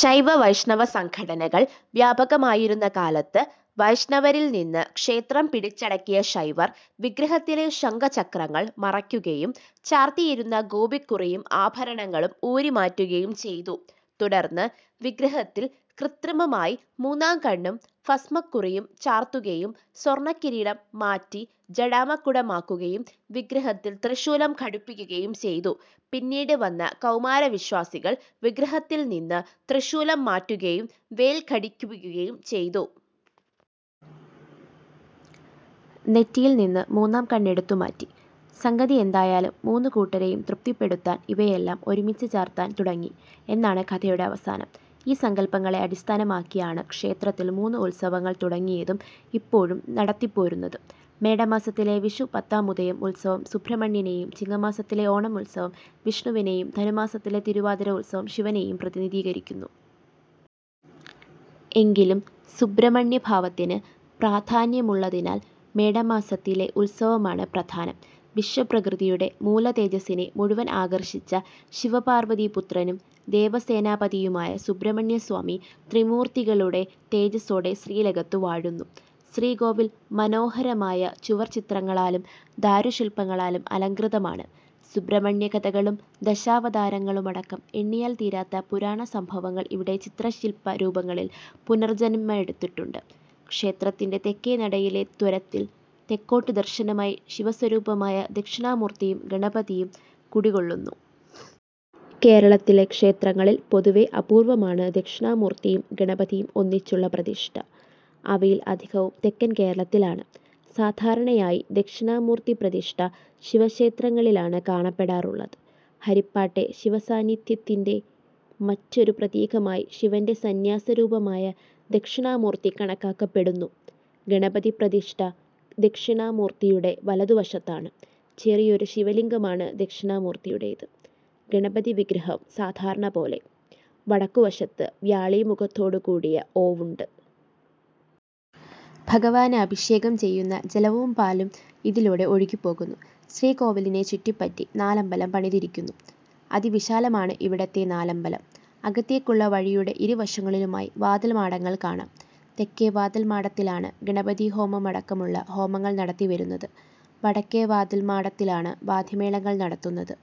ശൈവ വൈഷ്ണവ സംഘട്ടനങ്ങൾ വ്യാപകമായിരുന്ന കാലത്ത് വൈഷ്ണവരിൽ നിന്ന് ക്ഷേത്രം പിടിച്ചടക്കിയ ശൈവർ വിഗ്രഹത്തിലെ ശംഖചക്രങ്ങൾ മറയ്ക്കുകയും ചാർത്തിയിരുന്ന ഗോപിക്കുറിയും ആഭരണങ്ങളും ഊരിമാറ്റുകയും ചെയ്തു. തുടർന്ന് വിഗ്രഹത്തിൽ കൃത്രിമമായി മൂന്നാം കണ്ണും ഭസ്മക്കുറിയും ചാർത്തുകയും സ്വർണക്കിരീടം മാറ്റി ജടാമകുടമാക്കുകയും വിഗ്രഹത്തിൽ ത്രിശൂലം ഘടിപ്പിക്കുകയും ചെയ്തു. പിന്നീട് വന്ന കൗമാരവിശ്വാസികൾ വിഗ്രഹത്തിൽ നിന്ന് ത്രിശൂലം മാറ്റുകയും വേൽ ഘടിപ്പിക്കുകയും ചെയ്തു. നെറ്റിയിൽ നിന്ന് മൂന്നാം കണ്ണ് എടുത്തുമാറ്റി. സംഗതി എന്തായാലും മൂന്നുകൂട്ടരെയും തൃപ്തിപ്പെടുത്താൻ ഇവയെല്ലാം ഒരുമിച്ച് ചാർത്താൻ തുടങ്ങി എന്നാണ് കഥയുടെ അവസാനം. ഈ സങ്കല്പങ്ങളെ അടിസ്ഥാനമാക്കിയാണ് ക്ഷേത്രത്തിൽ മൂന്ന് ഉത്സവങ്ങൾ തുടങ്ങിയതും ഇപ്പോഴും നടത്തിപ്പോരുന്നതും. മേടമാസത്തിലെ വിഷു പത്താമുദയം ഉത്സവം സുബ്രഹ്മണ്യനെയും ചിങ്ങമാസത്തിലെ ഓണം ഉത്സവം വിഷ്ണുവിനെയും ധനുമാസത്തിലെ തിരുവാതിര ഉത്സവം ശിവനെയും പ്രതിനിധീകരിക്കുന്നു. എങ്കിലും സുബ്രഹ്മണ്യഭാവത്തിന് പ്രാധാന്യമുള്ളതിനാൽ മേടമാസത്തിലെ ഉത്സവമാണ് പ്രധാനം. വിശ്വപ്രകൃതിയുടെ മൂലതേജസ്സിനെ മുഴുവൻ ആകർഷിച്ച ശിവപാർവതീപുത്രനും ദേവസേനാപതിയുമായ സുബ്രഹ്മണ്യസ്വാമി ത്രിമൂർത്തികളുടെ തേജസ്സോടെ ശ്രീലകത്ത് വാഴുന്നു. ശ്രീകോവിൽ മനോഹരമായ ചുവർച്ചിത്രങ്ങളാലും ദാരുശില്പങ്ങളാലും അലംകൃതമാണ്. സുബ്രഹ്മണ്യകഥകളും ദശാവതാരങ്ങളുമടക്കം എണ്ണിയാൽ തീരാത്ത പുരാണസംഭവങ്ങൾ ഇവിടെ ചിത്രശില്പരൂപങ്ങളിൽ പുനർജന്മമെടുത്തിട്ടുണ്ട്. ക്ഷേത്രത്തിൻ്റെ തെക്കേ നടയിലെ ത്വരത്തിൽ തെക്കോട്ട് ദർശനമായി ശിവസ്വരൂപമായ ദക്ഷിണാമൂർത്തിയും ഗണപതിയും കുടികൊള്ളുന്നു. കേരളത്തിലെ ക്ഷേത്രങ്ങളിൽ പൊതുവേ അപൂർവമാണ് ദക്ഷിണാമൂർത്തിയും ഗണപതിയും ഒന്നിച്ചുള്ള പ്രതിഷ്ഠ. അവയിൽ അധികവും തെക്കൻ കേരളത്തിലാണ്. സാധാരണയായി ദക്ഷിണാമൂർത്തിപ്രതിഷ്ഠ ശിവക്ഷേത്രങ്ങളിലാണ് കാണപ്പെടാറുള്ളത്. ഹരിപ്പാട്ടെ ശിവസാന്നിധ്യത്തിൻ്റെ മറ്റൊരു പ്രതീകമായി ശിവൻ്റെ സന്ന്യാസരൂപമായ ദക്ഷിണാമൂർത്തി കണക്കാക്കപ്പെടുന്നു. ഗണപതിപ്രതിഷ്ഠ ദക്ഷിണാമൂർത്തിയുടെ വലതുവശത്താണ്. ചെറിയൊരു ശിവലിംഗമാണ് ദക്ഷിണാമൂർത്തിയുടേത്. ഗണപതിവിഗ്രഹം സാധാരണപോലെ. വടക്കുവശത്ത് വ്യാളീമുഖത്തോടുകൂടിയ ഓവുണ്ട്. ഭഗവാന് അഭിഷേകം ചെയ്യുന്ന ജലവും പാലും ഇതിലൂടെ ഒഴുകിപ്പോകുന്നു. ശ്രീകോവിലിനെ ചുറ്റിപ്പറ്റി നാലമ്പലം പണിതിരിക്കുന്നു. അതിവിശാലമാണ് ഇവിടത്തെ നാലമ്പലം. അകത്തേക്കുള്ള വഴിയുടെ ഇരുവശങ്ങളിലുമായി വാതിൽമാടങ്ങൾ കാണാം. തെക്കേ വാതിൽമാടത്തിലാണ് ഗണപതിഹോമമടക്കമുള്ള ഹോമങ്ങൾ നടത്തിവരുന്നത്. വടക്കേ വാതിൽമാടത്തിലാണ് വാദ്യമേളങ്ങൾ നടത്തുന്നത്.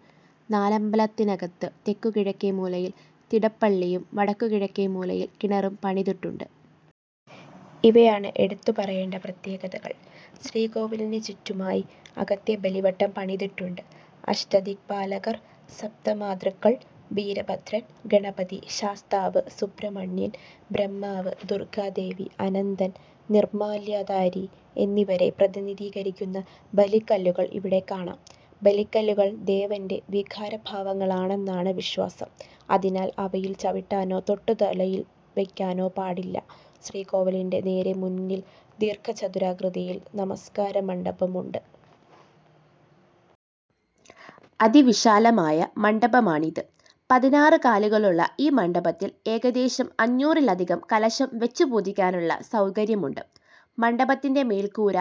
നാലമ്പലത്തിനകത്ത് തെക്കുകിഴക്കേ മൂലയിൽ തിടപ്പള്ളിയും വടക്കുകിഴക്കേ മൂലയിൽ കിണറും പണിതിട്ടുണ്ട്. ഇവയാണ് എടുത്തുപറയേണ്ട പ്രത്യേകതകൾ. ശ്രീകോവിലിനുചുറ്റുമായി അകത്തെ ബലിവട്ടം പണിതിട്ടുണ്ട്. അഷ്ടദിക്പാലകർ, സപ്തമാതൃക്കൾ, വീരഭദ്രൻ, ഗണപതി, ശാസ്താവ്, സുബ്രഹ്മണ്യൻ, ബ്രഹ്മാവ്, ദുർഗാദേവി, അനന്തൻ, നിർമ്മാല്യധാരി എന്നിവരെ പ്രതിനിധീകരിക്കുന്ന ബലിക്കല്ലുകൾ ഇവിടെ കാണാം. ബലിക്കല്ലുകൾ ദേവൻ്റെ വികാരഭാവങ്ങളാണെന്നാണ് വിശ്വാസം. അതിനാൽ അവയിൽ ചവിട്ടാനോ തൊട്ട് തലയിൽ വയ്ക്കാനോ പാടില്ല. ശ്രീകോവിലിൻ്റെ നേരെമുന്നിൽ ദീർഘചതുരാകൃതിയിൽ നമസ്കാരമണ്ഡപമുണ്ട്. അതിവിശാലമായ മണ്ഡപമാണിത്. പതിനാറ് കാലുകളുള്ള ഈ മണ്ഡപത്തിൽ ഏകദേശം അഞ്ഞൂറിലധികം കലശം വച്ച് പൂജിക്കാനുള്ള സൗകര്യമുണ്ട്. മണ്ഡപത്തിൻ്റെ മേൽക്കൂര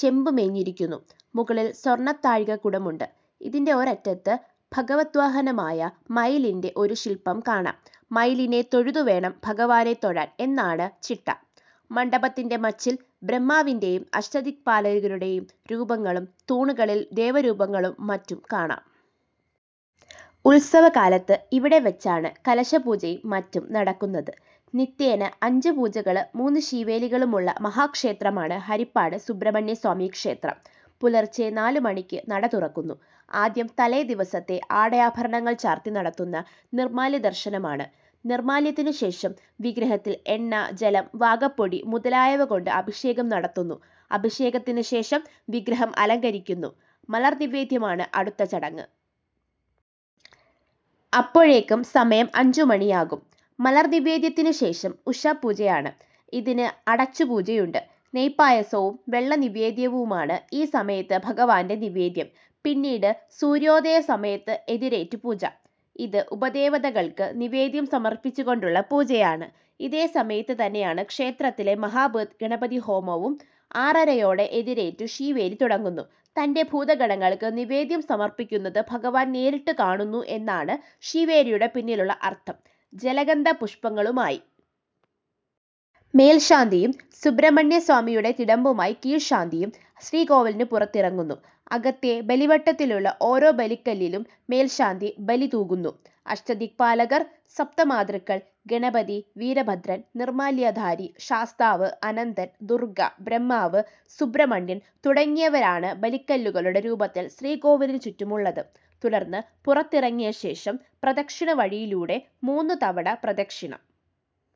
ചെമ്പുമേഞ്ഞിരിക്കുന്നു. മുകളിൽ സ്വർണത്താഴികക്കുടമുണ്ട്. ഇതിൻ്റെ ഒരറ്റത്ത് ഭഗവദ്വാഹനമായ മയിലിൻ്റെ ഒരു ശില്പം കാണാം. മയിലിനെ തൊഴുതുവേണം ഭഗവാനെ തൊഴാൻ എന്നാണ് ചിട്ട. മണ്ഡപത്തിൻ്റെ മച്ചിൽ ബ്രഹ്മാവിൻ്റെ യും അഷ്ടദിക്പാലകരുടെയും രൂപങ്ങളും തൂണുകളിൽ ദേവരൂപങ്ങളും മറ്റും കാണാം. ഉത്സവക്കാലത്ത് ഇവിടെവച്ചാണ് കലശപൂജയും മറ്റും നടക്കുന്നത്. നിത്യേന അഞ്ച് പൂജകളും മൂന്ന് ശീവേലികളുമുള്ള മഹാക്ഷേത്രമാണ് ഹരിപ്പാട് സുബ്രഹ്മണ്യസ്വാമിക്ഷേത്രം. പുലർച്ചെ നാലുമണിക്ക് നടതുറക്കുന്നു. ആദ്യം തലേദിവസത്തെ ആടയാഭരണങ്ങൾ ചാർത്തി നടത്തുന്ന നിർമ്മാല്യദർശനമാണ്. നിർമ്മാല്യത്തിനുശേഷം വിഗ്രഹത്തിൽ എണ്ണ, ജലം, വാകപ്പൊടി മുതലായവകൊണ്ട് അഭിഷേകം നടത്തുന്നു. അഭിഷേകത്തിനുശേഷം വിഗ്രഹം അലങ്കരിക്കുന്നു. മലർനിവേദ്യമാണ് അടുത്ത ചടങ്ങ്. അപ്പോഴേക്കും സമയം അഞ്ചുമണിയാകും. മലർനിവേദ്യത്തിനുശേഷം ഉഷഃപൂജയാണ്. ഇതിന് അടച്ചുപൂജയുണ്ട്. നെയ്പായസവും വെള്ളനിവേദ്യവുമാണ് ഈ സമയത്ത് ഭഗവാൻ്റെ നിവേദ്യം. പിന്നീട് സൂര്യോദയസമയത്ത് എതിരേറ്റുപൂജ. ഇത് ഉപദേവതകൾക്ക് നിവേദ്യം സമർപ്പിച്ചുകൊണ്ടുള്ള പൂജയാണ്. ഇതേസമയത്ത് തന്നെയാണ് ക്ഷേത്രത്തിലെ മഹാഗണപതിഹോമവും. ആറരയോടെ എതിരേറ്റുശീവേലി തുടങ്ങുന്നു. തൻ്റെ ഭൂതഗണങ്ങൾക്ക് നിവേദ്യം സമർപ്പിക്കുന്നത് ഭഗവാൻ നേരിട്ട് കാണുന്നു എന്നാണ് ശീവേലിയുടെ പിന്നിലുള്ള അർത്ഥം. ജലഗന്ധപുഷ്പങ്ങളുമായി മേൽശാന്തിയും സുബ്രഹ്മണ്യസ്വാമിയുടെ തിടമ്പുമായി കീഴ്ശാന്തിയും ശ്രീകോവിലിന് പുറത്തിറങ്ങുന്നു. അകത്തെ ബലിവട്ടത്തിലുള്ള ഓരോ ബലിക്കല്ലിലും മേൽശാന്തി ബലി തൂകുന്നു. അഷ്ടദിക്പാലകർ, സപ്തമാതൃക്കൾ, ഗണപതി, വീരഭദ്രൻ, നിർമ്മാല്യധാരി, ശാസ്താവ്, അനന്തൻ, ദുർഗ, ബ്രഹ്മാവ്, സുബ്രഹ്മണ്യൻ തുടങ്ങിയവരാണ് ബലിക്കല്ലുകളുടെ രൂപത്തിൽ ശ്രീകോവിലിനുചുറ്റുമുള്ളത്. തുടർന്ന് പുറത്തിറങ്ങിയശേഷം പ്രദക്ഷിണവഴിയിലൂടെ മൂന്ന് തവണ പ്രദക്ഷിണം.